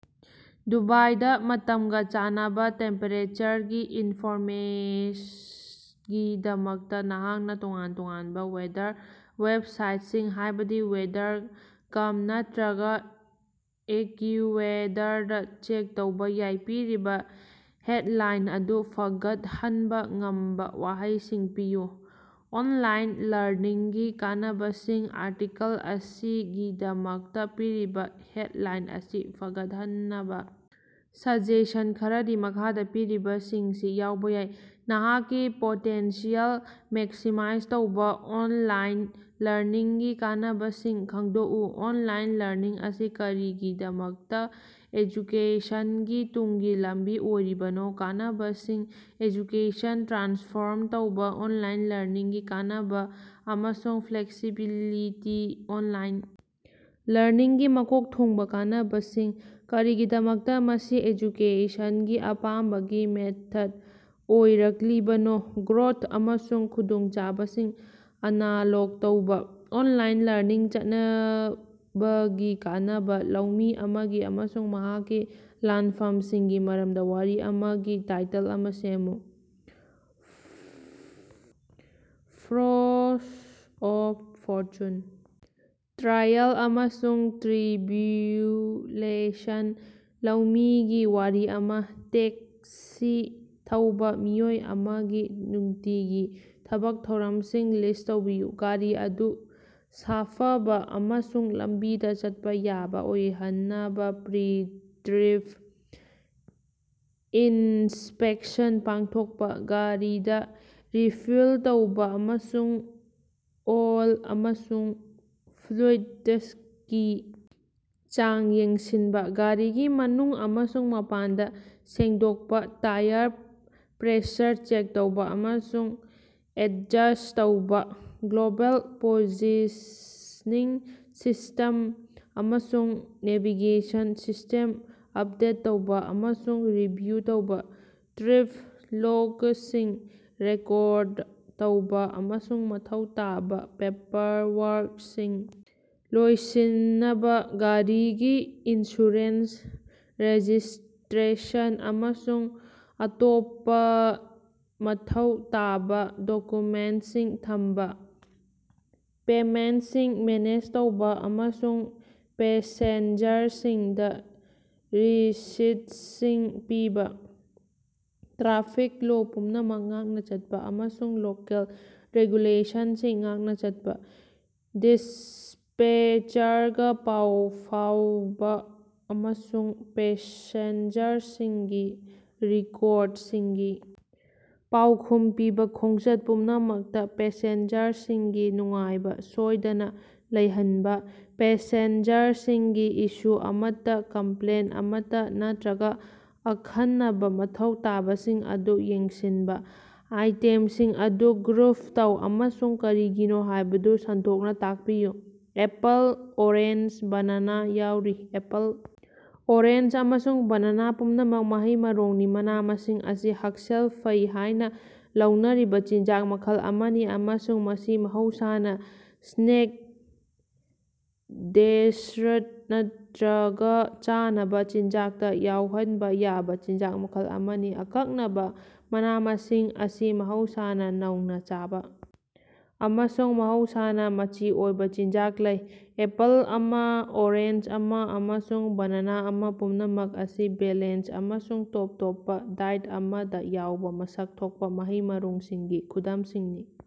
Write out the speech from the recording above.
ꯗꯨꯕꯥꯏꯗ ꯃꯇꯝꯒꯥ ꯆꯥꯟꯅꯕ ꯇꯦꯝꯄꯦꯔꯦꯆꯔꯒꯤ ꯏꯟꯐꯣꯔꯃꯦꯁꯒꯤꯗꯃꯛꯇ ꯅꯍꯥꯛꯅ ꯇꯣꯉꯥꯟ-ꯇꯣꯉꯥꯟꯕ ꯋꯦꯗꯔ ꯋꯦꯕꯁꯥꯏꯠꯁꯤꯡ, ꯍꯥꯏꯕꯗꯤ ꯋꯦꯗꯔ. ꯀꯝ ꯅꯠꯇꯔꯒ ꯑꯦꯀ꯭ꯌꯨꯋꯦꯗꯔꯗ ꯆꯦꯛ ꯇꯧꯕ ꯌꯥꯏ꯫ ꯄꯤꯔꯤꯕ ꯍꯦꯗꯂꯥꯏꯟ ꯑꯗꯨ ꯐꯒꯠꯍꯟꯕ ꯉꯝꯕ ꯋꯥꯍꯩꯁꯤꯡ ꯄꯤꯌꯨ꯫ ꯑꯣꯟꯂꯥꯏꯟ ꯂꯔꯅꯤꯡꯒꯤ ꯀꯥꯟꯅꯕꯁꯤꯡ꯫ ꯑꯥꯔꯇꯤꯀꯜ ꯑꯁꯤꯒꯤꯗꯃꯛꯇ ꯄꯤꯔꯤꯕ ꯍꯦꯗꯂꯥꯏꯟ ꯑꯁꯤ ꯐꯒꯠꯍꯟꯅꯕ ꯁꯖꯦꯁꯟ ꯈꯔꯗꯤ ꯃꯈꯥꯗ ꯄꯤꯔꯤꯕꯁꯤꯡꯁꯤ ꯌꯥꯎꯕꯥ ꯌꯥꯏ: "ꯅꯍꯥꯛꯀꯤ ꯄꯣꯇꯦꯟꯁꯤꯑꯦꯜ ꯃꯦꯛꯁꯤꯃꯥꯏꯖ ꯇꯧꯕꯥ: ꯑꯣꯟꯂꯥꯏꯟ ꯂꯔꯅꯤꯡꯒꯤ ꯀꯥꯟꯅꯕꯁꯤꯡ ꯈꯪꯗꯣꯛꯎ" "ꯑꯣꯅꯂꯥꯏꯟ ꯂꯔꯅꯤꯡ ꯑꯁꯤ ꯀꯔꯤꯒꯤꯗꯃꯛꯇ ꯑꯦꯖꯨꯀꯦꯁꯟꯒꯤ ꯇꯨꯡꯒꯤ ꯂꯝꯕꯤ ꯑꯣꯏꯔꯤꯕꯅꯣ: ꯀꯥꯟꯅꯕꯁꯤꯡ " "ꯑꯦꯖꯨꯀꯦꯁꯟ ꯇ꯭ꯔꯥꯟꯁꯐ꯭ꯣꯔꯝ ꯇꯧꯕ: ꯑꯣꯟꯂꯥꯏꯟ ꯂꯔꯅꯤꯡꯒꯤ ꯀꯥꯟꯅꯕ ꯑꯃꯁꯨꯡ ꯐ꯭ꯂꯦꯛꯁꯤꯕꯤꯂꯤꯇꯤ" "ꯑꯣꯅꯂꯥꯏꯟ ꯂꯔꯅꯤꯡꯒꯤ ꯃꯀꯣꯛ ꯊꯣꯡꯕ ꯀꯥꯟꯅꯕꯁꯤꯡ: ꯀꯔꯤꯒꯤꯗꯃꯛꯇ ꯃꯁꯤ ꯑꯦꯖꯨꯀꯦꯁꯟꯒꯤ ꯑꯄꯥꯝꯕꯒꯤ ꯃꯦꯊꯗ ꯑꯣꯏꯔꯛꯂꯤꯕꯅꯣ" "ꯒ꯭ꯔꯣꯊ ꯑꯃꯁꯨꯡ ꯈꯨꯗꯣꯡꯆꯥꯕꯁꯤꯡ ꯑꯅꯂꯣꯛ ꯇꯧꯕꯥ: ꯑꯣꯟꯂꯥꯏꯟ ꯂꯔꯅꯤꯡ ꯆꯠꯅꯕꯒꯤ ꯀꯥꯟꯅꯕꯥ" ꯂꯧꯃꯤ ꯑꯃꯒꯤ ꯑꯃꯁꯨꯡ ꯃꯍꯥꯛꯀꯤ ꯂꯥꯟꯐꯝꯁꯤꯡꯒꯤ ꯃꯔꯝꯗ ꯋꯥꯔꯤ ꯑꯃꯒꯤ ꯇꯥꯏꯇꯜ ꯑꯃ ꯁꯦꯝꯃꯨ꯫ ꯐ꯭ꯔꯣꯁ ꯑꯣꯐ ꯐꯣꯔꯆꯨꯟ: ꯇ꯭ꯔꯥꯏꯑꯦꯜ ꯑꯃꯁꯨꯡ ꯇ꯭ꯔꯤꯕ꯭ꯌꯨꯂꯦꯁꯟ ꯂꯧꯃꯤꯒꯤ ꯋꯥꯔꯤ ꯑꯃꯥ꯫ ꯇꯦꯛꯁꯤ ꯊꯧꯕꯥ ꯃꯤꯑꯣꯏ ꯑꯃꯒꯤ ꯅꯨꯡꯇꯤꯒꯤ ꯊꯕꯛ ꯊꯧꯔꯝꯁꯤꯡ ꯂꯤꯁ꯭ꯠ ꯇꯧꯕꯤꯌꯨ꯫ ꯒꯥꯔꯤ ꯑꯗꯨ ꯁꯥꯐꯕ ꯑꯃꯁꯨꯡ ꯂꯝꯕꯤꯗ ꯆꯠꯄ ꯌꯥꯕ ꯑꯣꯏꯍꯟꯅꯕ ꯄ꯭ꯔꯤ-ꯇ꯭ꯔꯤꯞ ꯏꯟꯁꯄꯦꯛꯁꯟ ꯄꯥꯡꯊꯣꯛꯄ꯫ ꯒꯥꯔꯤꯗꯥ ꯔꯤꯐ꯭ꯌꯨꯜ ꯇꯧꯕ ꯑꯃꯁꯨꯡ ꯑꯣꯏꯜ ꯑꯃꯁꯨꯡ ꯐ꯭ꯂꯨꯏꯗꯀꯤ ꯆꯥꯡ ꯌꯦꯡꯁꯤꯟꯕ꯫ ꯒꯥꯔꯤꯒꯤ ꯃꯅꯨꯡ ꯑꯃꯁꯨꯡ ꯃꯄꯥꯟꯗ ꯁꯦꯡꯗꯣꯛꯄ ꯇꯌꯥꯔ ꯄ꯭ꯔꯦꯁꯔ ꯆꯦꯛ ꯇꯧꯕꯥ ꯑꯃꯁꯨꯡ ꯑꯦꯗꯖꯁ꯭ꯠ ꯇꯧꯕꯥ꯫ ꯒ꯭ꯂꯣꯕꯦꯜ ꯄꯣꯖꯤꯁꯅꯤꯡ ꯁꯤꯁꯇ꯭ꯝ ꯑꯃꯁꯨꯡ ꯅꯦꯚꯤꯒꯦꯁꯟ ꯁꯤꯁꯇꯦꯝ ꯑꯞꯗꯦꯠ ꯇꯧꯕ ꯑꯃꯁꯨꯡ ꯔꯤꯚꯤꯌꯨ ꯇꯧꯕ꯫ ꯇ꯭ꯔꯤꯞ ꯂꯣꯒꯁꯤꯡ ꯔꯦꯀꯣꯔꯗ ꯇꯧꯕꯥ ꯑꯃꯁꯨꯡ ꯃꯊꯧ ꯇꯥꯕꯥ ꯄꯦꯄꯔꯋꯥꯔꯛꯁꯤꯡ ꯂꯣꯏꯁꯤꯅꯕꯥ꯫ ꯒꯥꯔꯤꯒꯤ ꯏꯟꯁꯨꯔꯦꯟꯁ, ꯔꯦꯖꯤꯁ꯭ꯇꯔꯦꯁꯟ, ꯑꯃꯁꯨꯡ ꯑꯇꯣꯞꯄꯥꯂ ꯃꯊꯧ ꯇꯥꯕ ꯗꯣꯀꯨꯃꯦꯟꯠꯁꯤꯡ ꯊꯝꯕ꯫ ꯄꯦꯃꯦꯟꯠꯁꯤꯡ ꯃꯦꯅꯦꯖ ꯇꯧꯕꯥ ꯑꯃꯁꯨꯡ ꯄꯦꯁꯦꯟꯖꯔꯁꯤꯡꯗ ꯔꯤꯁꯤꯠꯁꯤꯡ ꯄꯤꯕ꯫ ꯇ꯭ꯔꯥꯐꯤꯛ ꯂꯣ ꯄꯨꯝꯅꯃꯛ ꯉꯥꯛꯅ ꯆꯠꯄ ꯑꯃꯁꯨꯡ ꯂꯣꯀꯦꯜ ꯔꯦꯒꯨꯂꯦꯁꯟꯁꯤꯡ ꯉꯥꯛꯅ ꯆꯠꯄ꯫ ꯗꯤꯁ꯭ꯄꯦꯆꯔꯒꯥ ꯄꯥꯎ ꯐꯥꯎꯟꯕ ꯑꯃꯁꯨꯡ ꯄꯦꯁꯦꯟꯖꯔꯁꯤꯡꯒꯤ ꯔꯤꯀꯣꯔꯗꯁꯤꯡꯒꯤ ꯄꯥꯎꯈꯨꯝ ꯄꯤꯕ꯫ ꯈꯣꯡꯆꯠ ꯄꯨꯝꯅꯃꯛꯇ ꯄꯦꯁꯦꯟꯖꯔꯁꯤꯡꯒꯤ ꯅꯨꯡꯉꯥꯏꯕ ꯁꯣꯏꯗꯅ ꯂꯩꯍꯟꯕ꯫ ꯄꯦꯁꯦꯟꯖꯔꯁꯤꯡꯒꯤ ꯏꯁꯨ ꯑꯃꯠꯇ, ꯀꯝꯄ꯭ꯂꯦꯟꯠ ꯑꯃꯠꯇ, ꯅꯠꯇꯔꯒ ꯑꯈꯟꯅꯕ ꯃꯊꯧ ꯇꯥꯕꯁꯤꯡ ꯑꯗꯨ ꯌꯦꯡꯁꯤꯟꯕ꯫ ꯑꯥꯏꯇꯦꯝꯁꯤꯡ ꯑꯗꯨ ꯒ꯭ꯔꯨꯞ ꯇꯧ ꯑꯃꯁꯨꯡ ꯀꯔꯤꯒꯤꯅꯣ ꯍꯥꯏꯕꯗꯨ ꯁꯟꯗꯣꯛꯅ ꯇꯥꯛꯄꯤꯌꯨ꯫ ꯑꯦꯄꯜ, ꯑꯣꯔꯦꯟꯖ, ꯕꯅꯥꯅꯥ ꯌꯥꯎꯔꯤ꯫ ꯑꯦꯄꯜ, ꯑꯣꯔꯦꯟꯖ, ꯑꯃꯁꯨꯡ ꯕꯅꯥꯅꯥ ꯄꯨꯝꯅꯃꯛ ꯃꯍꯩ-ꯃꯔꯣꯡꯅꯤ꯫ ꯃꯅꯥ-ꯃꯁꯤꯡ ꯑꯁꯤ ꯍꯛꯁꯦꯜ ꯐꯩ ꯍꯥꯏꯅ ꯂꯧꯅꯔꯤꯕꯥ ꯆꯤꯟꯖꯥꯛ ꯃꯈꯜ ꯑꯃꯅꯤ ꯑꯃꯁꯨꯡ ꯃꯁꯤ ꯃꯍꯧꯁꯥꯅꯥ ꯁ꯭ꯅꯦꯛ, ꯗꯦꯁꯔꯠ ꯅꯠꯇꯔꯒ ꯆꯥꯅꯕ ꯆꯤꯟꯖꯥꯛꯇ ꯌꯥꯎꯍꯟꯕ ꯌꯥꯕꯥ ꯆꯤꯟꯖꯥꯛ ꯃꯈꯜ ꯑꯃꯅꯤ꯫ ꯑꯀꯛꯅꯕꯥ ꯃꯅꯥ-ꯃꯁꯤꯡ ꯑꯁꯤ ꯃꯍꯧꯁꯥꯅꯥ ꯅꯧꯅ ꯆꯥꯕ ꯑꯃꯁꯨꯡ ꯃꯍꯧꯁꯥꯅꯥ ꯃꯆꯤ ꯑꯣꯏꯕꯥ ꯆꯤꯟꯖꯥꯛ ꯂꯩ꯫ ꯑꯦꯄꯜ ꯑꯃ, ꯑꯣꯔꯦꯟꯖ ꯑꯃ ꯑꯃꯁꯨꯡ ꯕꯅꯥꯅꯥ ꯑꯃ ꯄꯨꯝꯅꯃꯛ ꯑꯁꯤ ꯕꯦꯂꯦꯟꯁ ꯑꯃꯁꯨꯡ ꯇꯣꯞ ꯇꯣꯞꯄ ꯗꯥꯏꯠ ꯑꯃꯗ ꯌꯥꯎꯕ ꯃꯁꯛ ꯊꯣꯛꯄ ꯃꯍꯩ-ꯃꯔꯣꯡꯁꯤꯡꯒꯤ ꯈꯨꯗꯝꯁꯤꯡꯅꯤ꯫